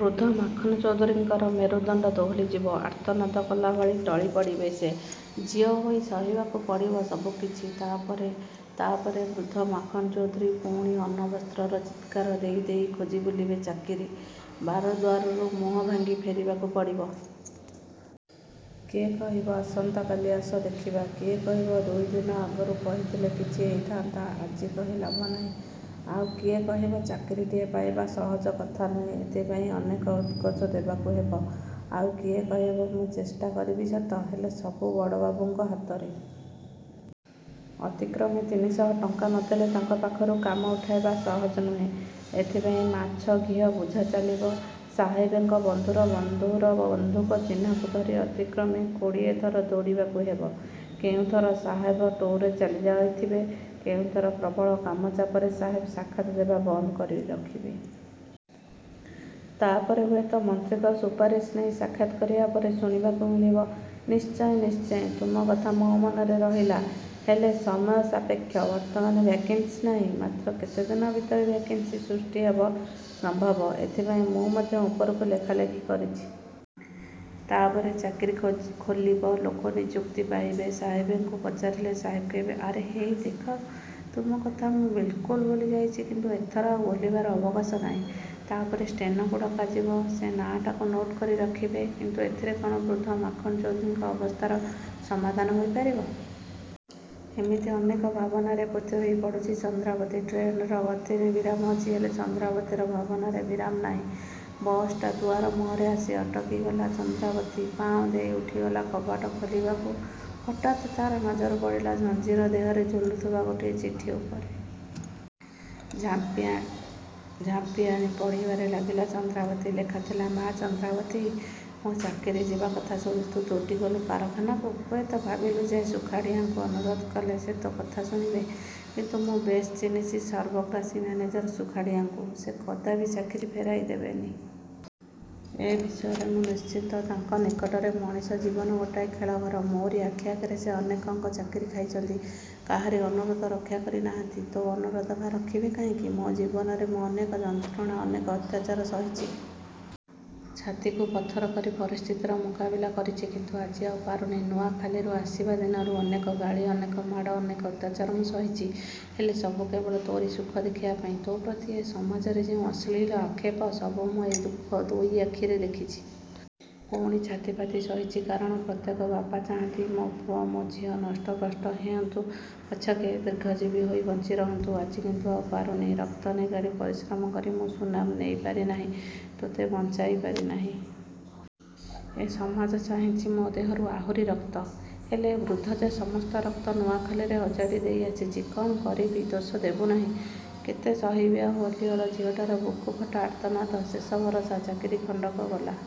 ବୃଦ୍ଧ ମାଖନ ଚୌଧୁରୀଙ୍କର ମେରୁଦଣ୍ଡ ଦୋହଲିଯିବ। ଆର୍ତ୍ତନାଦ କଲାଭଳି ଟଳି ପଡ଼ିବେ ସେ। ଝିଅ ହୋଇ ସହିବାକୁ ପଡ଼ିବ ସବୁକିଛି। ତା' ପରେ, ତା' ପରେ ବୃଦ୍ଧ ମାଖନ ଚୌଧୁରୀ ପୁଣି ଅନ୍ନବସ୍ତ୍ରର ଚିତ୍କାର ଦେଇ ଦେଇ ଖୋଜି ବୁଲିବେ ଚାକିରି। ବାର ଦ୍ୱାରରୁ ମୁହଁ ଭାଙ୍ଗି ଫେରିବାକୁ ପଡ଼ିବ। କିଏ କହିବ, “ଆସନ୍ତାକାଲି ଆସ, ଦେଖିବା।” କିଏ କହିବ, “ଦୁଇ ଦିନ ଆଗରୁ କହିଥିଲେ କିଛି ହୋଇଥାନ୍ତା, ଆଜି କହି ଲାଭ ନାହିଁ।” ଆଉ କିଏ କହିବ, “ଚାକିରିଟିଏ ପାଇବା ସହଜ କଥା ନୁହେଁ। ଏଥିପାଇଁ ଅନେକ ଉତ୍କୋଚ ଦେବାକୁ ହେବ।”ଆଉ କିଏ କହିବ, “ମୁଁ ଚେଷ୍ଟା କରିବି ସତ, ହେଲେ ସବୁ ବଡ଼ବାବୁଙ୍କ ହାତରେ। ଅତି କମ୍ରେ ତିନି ଶହ ଟଙ୍କା ନ ଦେଲେ ତାଙ୍କ ପାଖରୁ କାମ ଉଠାଇବା ସହଜ ନୁହେଁ। ଏଥିପାଇଁ ମାଛ ଘିଅ ବୁଝା ଚାଲିବ। ସାହେବଙ୍କ ବନ୍ଧୁର ବନ୍ଧୁର ବନ୍ଧୁଙ୍କ ଚିହ୍ନାଙ୍କୁ ଧରି ଅତି କମ୍ରେ କୋଡ଼ିଏ ଥର ଦୌଡ଼ିବାକୁ ହେବ।”କେଉଁଥର ସାହେବ ଟୁର୍‌ରେ ଚାଲି ଯାଇଥିବେ, କେଉଁଥର ପ୍ରବଳ କାମ ଚାପରେ ସାହେବ ସାକ୍ଷାତ ଦେବା ବନ୍ଦ ରଖିବେ। ତା'ପରେ ହୁଏତ ମନ୍ତ୍ରୀଙ୍କ ସୁପାରିଶ ନେଇ ସାକ୍ଷାତ କରିବା ପରେ ଶୁଣିବାକୁ ମିଳିବ, “ନିଶ୍ଚୟ, ନିଶ୍ଚୟ, ତୁମ କଥା ମୋ ମନରେ ରହିଲା। ହେଲେ ସମୟ ସାପେକ୍ଷ। ବର୍ତ୍ତମାନ ଭ୍ୟାକେନ୍ସି ନାହିଁ। ମାତ୍ର କେତେଦିନ ଭିତରେ ଭ୍ୟାକେନ୍ସି ସୃଷ୍ଟି ହେବା ସମ୍ଭବ। ଏଥିପାଇଁ ମୁଁ ମଧ୍ୟ ଉପରକୁ ଲେଖାଲେଖି କରିଛି। ତା'ପରେ ଚାକିରି ଖୋଲିବ। ଲୋକ ନିଯୁକ୍ତି ପାଇବେ।”ସାହେବଙ୍କୁ ପଚାରିଲେ ସାହେବ କହିବେ, “ଆରେ, ହେଇ ଦେଖ, ତୁମ କଥା ମୁଁ ବିଲ୍‌କୁଲ ଭୁଲି ଯାଇଛି। କିନ୍ତୁ ଏଥର ଆଉ ଭୁଲିବାର ଅବକାଶ ନାହିଁ।” ତା'ପରେ ଷ୍ଟେନୋଙ୍କୁ ଡକାଯିବ। ସେ ନାଁଟାକୁ ନୋଟ୍‌ କରି ରଖିବେ। କିନ୍ତୁ ଏଥିରେ କ'ଣ ବୃଦ୍ଧ ମାଖନ ଚୌଧୁରୀଙ୍କ ଅବସ୍ଥାର ସମାଧାନ ହୋଇପାରିବ? ଏମିତି ଅନେକ ଭାବନାରେ ପୋତି ହୋଇ ପଡ଼ୁଛି ଚନ୍ଦ୍ରାବତୀ। ଟ୍ରେନ୍‌ର ଗତିରେ ବିରାମ ଅଛି। ହେଲେ ଚନ୍ଦ୍ରାବତୀର ଭାବନାରେ ବିରାମ ନାହିଁ। ବସ୍‌ଟା ଦୁଆର ମୁହଁରେ ଆସି ଅଟକିଗଲା ଚନ୍ଦ୍ରାବତୀ। ପାଉଁ ଦେଇ ଉଠିଗଲା କବାଟ ଖୋଲିବାକୁ। ହଠାତ୍ ତା'ର ନଜର ପଡ଼ିଲା ଝଞ୍ଜିର ଦେହରେ ଝୁଲୁଥିବା ଗୋଟିଏ ଚିଠି ଉପରେ। ଝାମ୍ପିଆଣି ପଢ଼ିବାରେ ଲାଗିଲା ଚନ୍ଦ୍ରାବତୀ। ଲେଖାଥିଲା, “ମା ଚନ୍ଦ୍ରାବତୀ! ମୋ ଚାକିରି ଯିବା କଥା ଶୁଣି ତୁ ଦୌଡ଼ିଗଲୁ କାରଖାନାକୁ। ହୁଏତ ଭାବିଲୁ ଯେ ସୁଖାଡ଼ିଆଙ୍କୁ ଅନୁରୋଧ କଲେ ସେ ତୋ କଥା ଶୁଣିବେ, କିନ୍ତୁ ମୁଁ ବେଶ୍ ଚିହ୍ନିଛି ସର୍ବଗ୍ରାସୀ ମ୍ୟାନେଜର ସୁଖାଡ଼ିଆଙ୍କୁ। ସେ କଦାପି ଚାକିରି ଫେରାଇ ଦେବେନି। ଏ ବିଷୟରେ ମୁଁ ନିଶ୍ଚିତ। ତାଙ୍କ ନିକଟରେ ମଣିଷ ଜୀବନ ଗୋଟାଏ ଖେଳଘର। ମୋରି ଆଖି ଆଗରେ ସେ ଅନେକଙ୍କ ଚାକିରି ଖାଇଛନ୍ତି। କାହାରି ଅନୁରୋଧ ରକ୍ଷା କରି ନାହାନ୍ତି। ତୋ ଅନୁରୋଧ ବା ରଖିବେ କାହିଁକି?ମୋ ଜୀବନରେ ମୁଁ ଅନେକ ଯନ୍ତ୍ରଣା, ଅନେକ ଅତ୍ୟାଚାର ସହିଛି। ଛାତିକୁ ପଥର କରି ପରିସ୍ଥିତିର ମୁକାବିଲା କରିଛି। କିନ୍ତୁ ଆଜି ଆଉ ପାରୁନି। ନୂଆଖାଲିରୁ ଆସିବା ଦିନରୁ ଅନେକ ଗାଳି, ଅନେକ ମାଡ଼, ଅନେକ ଅତ୍ୟାଚାର ମୁଁ ସହିଛି। ହେଲେ ସବୁ କେବଳ ତୋରି ସୁଖ ଦେଖିବା ପାଇଁ। ତୋ ପ୍ରତି ଏ ସମାଜରେ ଯେଉଁ ଅଶ୍ଳୀଳ ଆକ୍ଷେପ, ସବୁ ମୁଁ ଏଇ ଦୁଇ ଆଖିରେ ଦେଖିଛି। ପୁଣି ଛାତିପାତି ସହିଛି। କାରଣ ପ୍ରତ୍ୟେକ ବାପା ଚାହାନ୍ତି, ମୋ ପୁଅ, ମୋ ଝିଅ ନଷ୍ଟ ଭ୍ରଷ୍ଟ ହେଉନ୍ତୁ ପଛକେ, ଦୀର୍ଘଜୀବୀ ହୋଇ ବଞ୍ଚି ରୁହନ୍ତୁ। ଆଜି କିନ୍ତୁ ଆଉ ପାରୁନି। ରକ୍ତ ନିଗାଡ଼ି ପରିଶ୍ରମ କରି ମୁଁ ସୁନାମ ନେଇ ପାରିନାହିଁ। ତୋତେ ବଞ୍ଚାଇ ପାରିନାହିଁ। ଏ ସମାଜ ଚାହିଁଛି ମୋ ଦେହରୁ ଆହୁରି ରକ୍ତ। ହେଲେ ଏ ବୃଦ୍ଧ ଯେ ସମସ୍ତ ରକ୍ତ ନୂଆଖାଲିରେ ଅଜାଡ଼ି ଦେଇ ଆସିଛି! କ'ଣ କରିବି, ଦୋଷ ଦେବୁନାହିଁ। କେତେ ସହିବି ଆଉ ଅଲିଅଳ ଝିଅଟାର ବୁକୁଫଟା ଆର୍ତ୍ତନାଦ? ଶେଷ ଭରସା ଚାକିରି ଖଣ୍ଡକ ଗଲା।